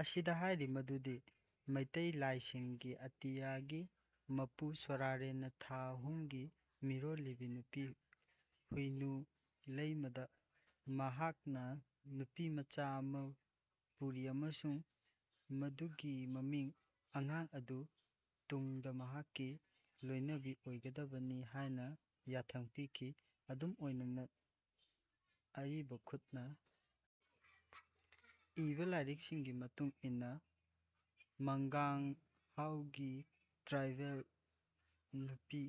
ꯑꯁꯤꯗ ꯍꯥꯏꯔꯤ ꯃꯗꯨꯗꯤ ꯃꯩꯇꯩ ꯂꯥꯏꯁꯤꯡꯒꯤ ꯑꯇꯤꯌꯥꯒꯤ ꯃꯄꯨ ꯁꯣꯔꯥꯔꯦꯟꯅ ꯊꯥ ꯑꯍꯨꯝꯒꯤ ꯃꯤꯔꯣꯜꯂꯤꯕꯤ ꯅꯨꯄꯤ ꯍꯨꯏꯅꯨ ꯂꯩꯃꯥꯗ ꯃꯍꯥꯛꯅ ꯅꯨꯄꯤꯃꯆꯥ ꯑꯃꯥ ꯄꯨꯔꯤ ꯑꯃꯁꯨꯡ ꯃꯗꯨꯒꯤ ꯑꯉꯥꯡ ꯑꯗꯨ ꯇꯨꯡꯗ ꯃꯍꯥꯛꯀꯤ ꯂꯣꯏꯅꯕꯤ ꯑꯣꯏꯒꯗꯕꯅꯤ ꯍꯥꯏꯅ ꯌꯥꯊꯪ ꯄꯤꯈꯤ꯫ ꯑꯗꯨꯝ ꯑꯣꯏꯅꯃꯛ ꯑꯔꯤꯕ ꯈꯨꯠꯅ ꯏꯕ ꯂꯥꯏꯔꯤꯛꯁꯤꯡꯒꯤ ꯃꯇꯨꯡ ꯏꯟꯅ ꯃꯪꯒꯥꯡ ꯍꯥꯎꯒꯤ ꯇ꯭ꯔꯥꯏꯕꯦꯜ ꯅꯨꯄꯤ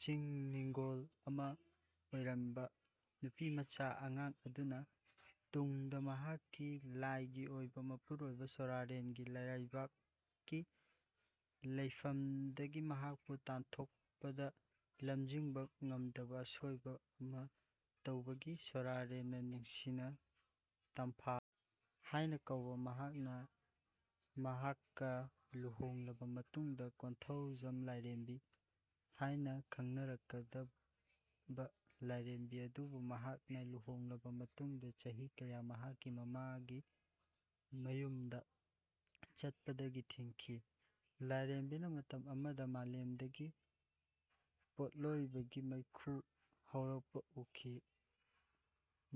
ꯆꯤꯡ ꯅꯤꯡꯒꯣꯜ ꯑꯃ ꯑꯣꯏꯔꯝꯕ ꯅꯨꯄꯤꯃꯆꯥ ꯑꯉꯥꯡ ꯑꯗꯨꯅ ꯇꯨꯡꯗ ꯃꯍꯥꯛꯀꯤ ꯂꯥꯏꯒꯤ ꯑꯣꯏꯕ ꯃꯄꯨꯔꯣꯏꯕ ꯁꯣꯔꯥꯔꯦꯟꯒꯤ ꯂꯥꯏꯔꯩꯕꯥꯛꯀꯤ ꯂꯩꯐꯝꯗꯒꯤ ꯃꯍꯥꯛꯄꯨ ꯇꯥꯟꯊꯣꯛꯄꯗ ꯂꯝꯖꯤꯡꯕ ꯉꯝꯗꯕ ꯑꯁꯣꯏꯕ ꯑꯃ ꯇꯧꯒꯅꯤ꯫ ꯁꯣꯔꯥꯔꯦꯟꯅ ꯅꯨꯡꯁꯤꯅ ꯇꯝꯐꯥ ꯍꯥꯏꯅ ꯀꯧꯕ ꯃꯍꯥꯛꯅ ꯃꯍꯥꯛꯀ ꯂꯨꯍꯣꯡꯂꯕ ꯃꯇꯨꯡꯗ ꯀꯣꯟꯊꯣꯖꯝ ꯂꯥꯏꯔꯦꯝꯕꯤ ꯍꯥꯏꯅ ꯈꯪꯅꯔꯛꯀꯗꯕ ꯂꯥꯏꯔꯦꯝꯕꯤ ꯑꯗꯨꯕꯨ ꯃꯍꯥꯛꯅ ꯂꯨꯍꯣꯡꯂꯕ ꯃꯇꯨꯡꯗ ꯆꯍꯤ ꯀꯌꯥ ꯃꯍꯥꯛꯀꯤ ꯃꯃꯥꯒꯤ ꯃꯌꯨꯝꯗ ꯆꯠꯄꯗꯒꯤ ꯊꯤꯡꯈꯤ꯫ ꯂꯥꯏꯔꯦꯝꯕꯤꯅ ꯃꯇꯝ ꯑꯃꯗ ꯃꯥꯂꯦꯝꯗꯒꯤ ꯄꯣꯠꯂꯣꯏꯕꯒꯤ ꯃꯩꯈꯨ ꯍꯧꯔꯛꯄ ꯎꯈꯤ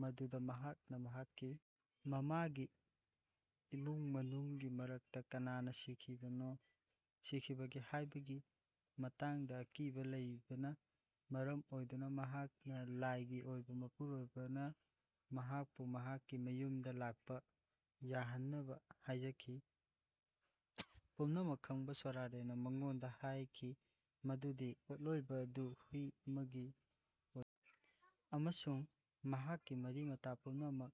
ꯃꯗꯨꯗ ꯃꯍꯥꯛꯅ ꯃꯍꯥꯛꯀꯤ ꯃꯃꯥꯒꯤ ꯏꯃꯨꯡ ꯃꯅꯨꯡꯒꯤ ꯃꯔꯛꯇ ꯀꯅꯥꯅ ꯁꯤꯈꯤꯕꯒꯦ ꯍꯥꯏꯕꯒꯤ ꯃꯇꯥꯡꯗ ꯑꯀꯤꯕ ꯂꯩꯕꯅ ꯃꯔꯝ ꯑꯣꯏꯗꯨꯅ ꯃꯍꯥꯛꯀꯤ ꯂꯥꯏꯒꯤ ꯑꯣꯏꯕ ꯃꯄꯨꯔꯣꯏꯕꯗ ꯃꯍꯥꯛꯄꯨ ꯃꯍꯥꯛꯀꯤ ꯃꯌꯨꯝꯗ ꯂꯥꯛꯄ ꯌꯥꯍꯟꯅꯕ ꯍꯥꯏꯖꯈꯤ꯫ ꯄꯨꯝꯅꯃꯛ ꯈꯪꯕ ꯁꯣꯔꯥꯔꯦꯟꯅ ꯃꯉꯣꯟꯗ ꯍꯥꯏꯈꯤ ꯃꯗꯨꯗꯤ ꯄꯣꯠꯂꯣꯏꯕ ꯑꯗꯨ ꯍꯨꯏ ꯑꯃꯒꯤ ꯑꯣꯏꯈꯤ ꯑꯃꯁꯨꯡ ꯃꯍꯥꯛꯀꯤ ꯃꯔꯤ-ꯃꯇꯥ ꯄꯨꯝꯅꯃꯛ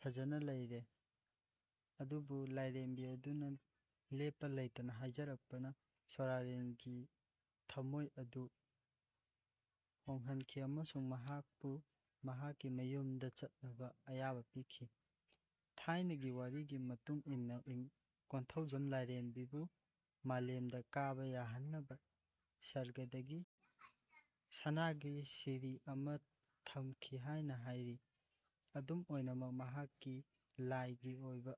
ꯐꯖꯅ ꯂꯩꯔꯦ꯫ ꯑꯗꯨꯕꯨ ꯂꯥꯏꯔꯦꯝꯕꯤ ꯑꯗꯨꯅ ꯂꯦꯞꯄ ꯂꯩꯇꯅ ꯍꯥꯏꯖꯔꯛꯄꯅ ꯁꯣꯔꯥꯔꯦꯟꯒꯤ ꯊꯃꯣꯏ ꯑꯗꯨ ꯍꯣꯡꯍꯟꯈꯤ ꯑꯃꯁꯨꯡ ꯃꯍꯥꯛꯄꯨ ꯃꯍꯥꯛꯀꯤ ꯃꯌꯨꯝꯗ ꯆꯠꯅꯕ ꯑꯌꯥꯕ ꯄꯤꯈꯤ꯫ ꯊꯥꯏꯅꯒꯤ ꯋꯥꯔꯤꯒꯤ ꯃꯇꯨꯡ ꯏꯟꯅ ꯀꯣꯟꯊꯣꯖꯝ ꯂꯥꯏꯔꯦꯝꯕꯤꯕꯨ ꯃꯥꯂꯦꯝꯗ ꯀꯥꯕ ꯌꯥꯍꯟꯅꯕ ꯁꯔꯒꯇꯒꯤ ꯁꯅꯥꯒꯤ ꯁꯤꯔꯤ ꯑꯃ ꯊꯝꯈꯤ ꯍꯥꯏꯅ ꯍꯥꯏꯔꯤ꯫ ꯑꯗꯨꯝ ꯑꯣꯏꯅꯃꯛ ꯃꯍꯥꯛꯀꯤ ꯂꯥꯏꯒꯤ ꯑꯣꯏꯕ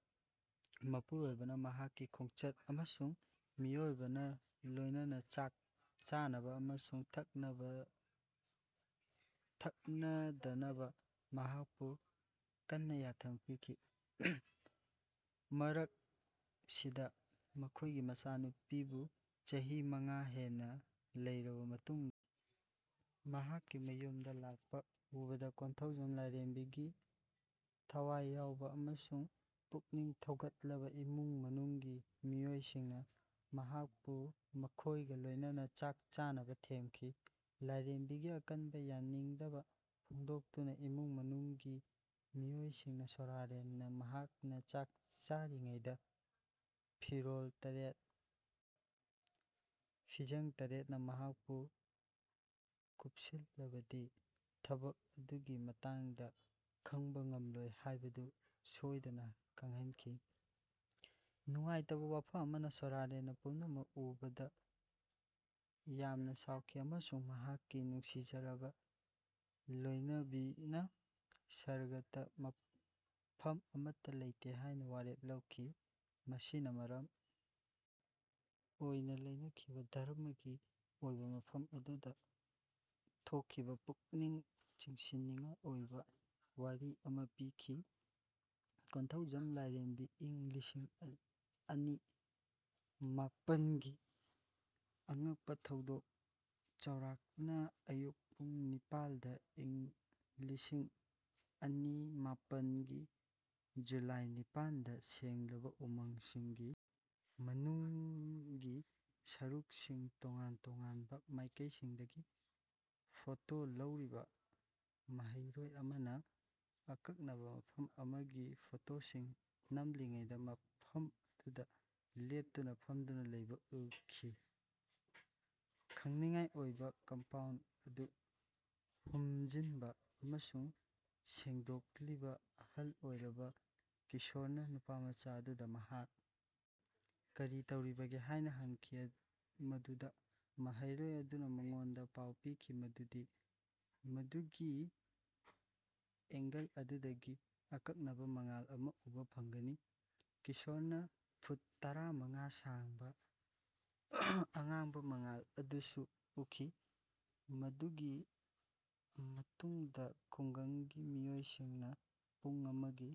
ꯃꯄꯨꯔꯣꯏꯕꯅ ꯃꯍꯥꯛꯀꯤ ꯈꯣꯡꯆꯠ ꯃꯅꯨꯡꯗ ꯃꯤꯑꯣꯏꯕꯒ ꯂꯣꯏꯅꯅ ꯆꯥꯛ ꯆꯥꯅꯕ ꯑꯃꯁꯨꯡ ꯊꯛꯅꯗꯅꯕ ꯃꯍꯥꯛꯄꯨ ꯀꯟꯅ ꯌꯥꯊꯪ ꯄꯤꯈꯤ꯫ ꯃꯔꯛꯁꯤꯗ ꯃꯈꯣꯏꯒꯤ ꯃꯆꯥꯅꯨꯄꯤꯕꯨ ꯆꯍꯤ ꯃꯉꯥ ꯍꯦꯟꯅ ꯂꯩꯔꯕ ꯃꯇꯨꯡꯗ ꯃꯍꯥꯛꯀꯤ ꯃꯌꯨꯝꯗ ꯂꯥꯛꯄ ꯎꯕꯗ ꯀꯣꯟꯊꯧꯖꯝ ꯂꯥꯏꯔꯦꯝꯕꯤꯒꯤ ꯊꯋꯥꯏ ꯌꯥꯎꯕ ꯑꯃꯁꯨꯡ ꯄꯨꯛꯅꯤꯡ ꯊꯧꯒꯠꯂꯕ ꯏꯃꯨꯡ ꯃꯅꯨꯡꯒꯤ ꯃꯤꯑꯣꯏꯁꯤꯡꯅ ꯃꯍꯥꯛꯄꯨ ꯃꯈꯣꯏꯒ ꯂꯣꯏꯅꯅ ꯆꯥꯛ ꯆꯥꯅꯕ ꯊꯦꯝꯈꯤ꯫ ꯂꯥꯏꯔꯦꯝꯕꯤꯒꯤ ꯑꯀꯟꯕ ꯌꯥꯅꯤꯡꯗꯕ ꯐꯣꯡꯗꯣꯛꯇꯨꯅ ꯏꯃꯨꯡ ꯃꯅꯨꯡꯒꯤ ꯃꯤꯑꯣꯏꯁꯤꯡꯅ ꯁꯣꯔꯥꯔꯦꯟꯅ ꯃꯍꯥꯛꯅ ꯆꯥꯛ ꯆꯥꯔꯤꯉꯩꯗ ꯐꯤꯔꯣꯜ ꯇꯔꯦꯠ ꯐꯤꯖꯥꯡ ꯇꯥꯔꯦꯠꯅ ꯃꯍꯥꯛꯄꯨ ꯀꯨꯞꯁꯤꯜꯂꯕꯗꯤ ꯊꯕꯛ ꯑꯗꯨꯒꯤ ꯃꯇꯥꯡꯗ ꯈꯪꯕ ꯉꯝꯂꯣꯏ ꯍꯥꯏꯕꯗꯨ ꯁꯣꯏꯗꯅ ꯈꯪꯍꯟꯈꯤ꯫ ꯅꯨꯡꯉꯥꯏꯇꯕ ꯋꯥꯐꯝ ꯑꯃꯅ ꯁꯣꯔꯥꯔꯦꯟꯅ ꯄꯨꯝꯅꯃꯛ ꯎꯕꯗ ꯌꯥꯝꯅ ꯁꯥꯎꯈꯤ ꯑꯃꯁꯨꯡ ꯃꯍꯥꯛꯀꯤ ꯅꯨꯡꯁꯤꯖꯔꯕ ꯂꯣꯏꯅꯕꯤꯅ ꯁꯔꯒꯇ ꯃꯐꯝ ꯑꯃꯠꯇ ꯂꯩꯇꯦ ꯍꯥꯏꯅ ꯋꯥꯔꯦꯞ ꯂꯧꯈꯤ꯫ ꯃꯁꯤꯅ ꯃꯔꯝ ꯑꯣꯏꯅ ꯂꯧꯅꯔꯤꯕ ꯙꯔꯃꯒꯤ ꯑꯣꯏꯕ ꯃꯐꯝ ꯑꯗꯨꯗ ꯊꯣꯛꯈꯤꯕ ꯄꯨꯛꯅꯤꯡ ꯆꯤꯡꯁꯤꯟꯅꯤꯡꯉꯥꯏ ꯑꯣꯏꯕ ꯋꯥꯔꯤ ꯑꯃ ꯄꯤꯈꯤ꯫ ꯀꯣꯟꯊꯧꯖꯝ ꯂꯥꯏꯔꯦꯝꯕꯤ ꯏꯪ ꯂꯤꯁꯤꯡ ꯑꯅꯤ ꯃꯥꯄꯟꯒꯤ ꯑꯉꯛꯄ ꯊꯧꯗꯣꯛ ꯆꯥꯎꯔꯥꯛꯅ ꯑꯌꯨꯛ ꯄꯨꯡ ꯅꯤꯄꯥꯜꯗ ꯏꯪ ꯂꯤꯁꯤꯡ ꯑꯅꯤ ꯃꯥꯄꯟꯒꯤ ꯖꯨꯂꯥꯏ ꯅꯤꯄꯥꯟꯗ ꯁꯦꯡꯂꯕ ꯎꯃꯪꯁꯤꯡꯒꯤ ꯃꯅꯨꯡꯒꯤ ꯁꯔꯨꯛꯁꯤꯡ ꯇꯣꯉꯥꯟ ꯇꯣꯉꯥꯟꯕ ꯃꯥꯏꯀꯩꯁꯤꯡꯗꯒꯤ ꯐꯣꯇꯣ ꯂꯧꯔꯤꯕ ꯃꯍꯩꯔꯣꯏ ꯑꯃꯅ ꯑꯀꯛꯅꯕ ꯃꯐꯝ ꯑꯃꯒꯤ ꯐꯣꯇꯣꯁꯤꯡ ꯅꯝꯂꯤꯉꯩꯗ ꯃꯐꯝ ꯑꯗꯨꯗ ꯂꯦꯞꯇꯨꯅ ꯐꯝꯗꯨꯅ ꯂꯩꯕ ꯎꯠꯈꯤ꯫ ꯈꯩꯅꯤꯡꯉꯥꯏ ꯑꯣꯏꯅ ꯀꯝꯄꯥꯎꯟꯗ ꯑꯗꯨ ꯍꯨꯝꯖꯤꯟꯕ ꯑꯃꯁꯨꯡ ꯁꯦꯡꯗꯣꯛꯂꯤꯕ ꯑꯍꯜ ꯑꯣꯏꯔꯕ ꯀꯤꯁꯣꯔꯅ ꯅꯨꯄꯥꯃꯆꯥ ꯑꯗꯨꯗ ꯃꯍꯥꯛ ꯀꯔꯤ ꯇꯧꯔꯤꯕꯒꯦ ꯍꯥꯏꯅ ꯍꯪꯈꯤ ꯃꯗꯨꯗ ꯃꯍꯩꯔꯣꯏ ꯑꯗꯨꯅ ꯃꯉꯣꯟꯗ ꯄꯥꯎ ꯄꯤꯈꯤ ꯃꯗꯨꯗꯤ ꯃꯗꯨꯒꯤ ꯑꯦꯡꯒꯜ ꯑꯗꯨꯗꯒꯤ ꯑꯀꯛꯅꯕ ꯃꯉꯥꯜ ꯑꯃ ꯎꯕ ꯐꯪꯒꯅꯤ꯫ ꯀꯤꯁꯣꯔꯅ ꯐꯨꯠ ꯇꯔꯥꯃꯉꯥ ꯁꯥꯡꯕ ꯑꯉꯥꯡꯕ ꯃꯉꯥꯜ ꯑꯗꯨꯁꯨ ꯎꯈꯤ ꯃꯗꯨꯒꯤ ꯃꯇꯨꯡꯗ ꯈꯨꯡꯒꯪꯒꯤ ꯃꯤꯑꯣꯏꯁꯤꯡꯗ ꯄꯨꯡ ꯑꯃꯒꯤ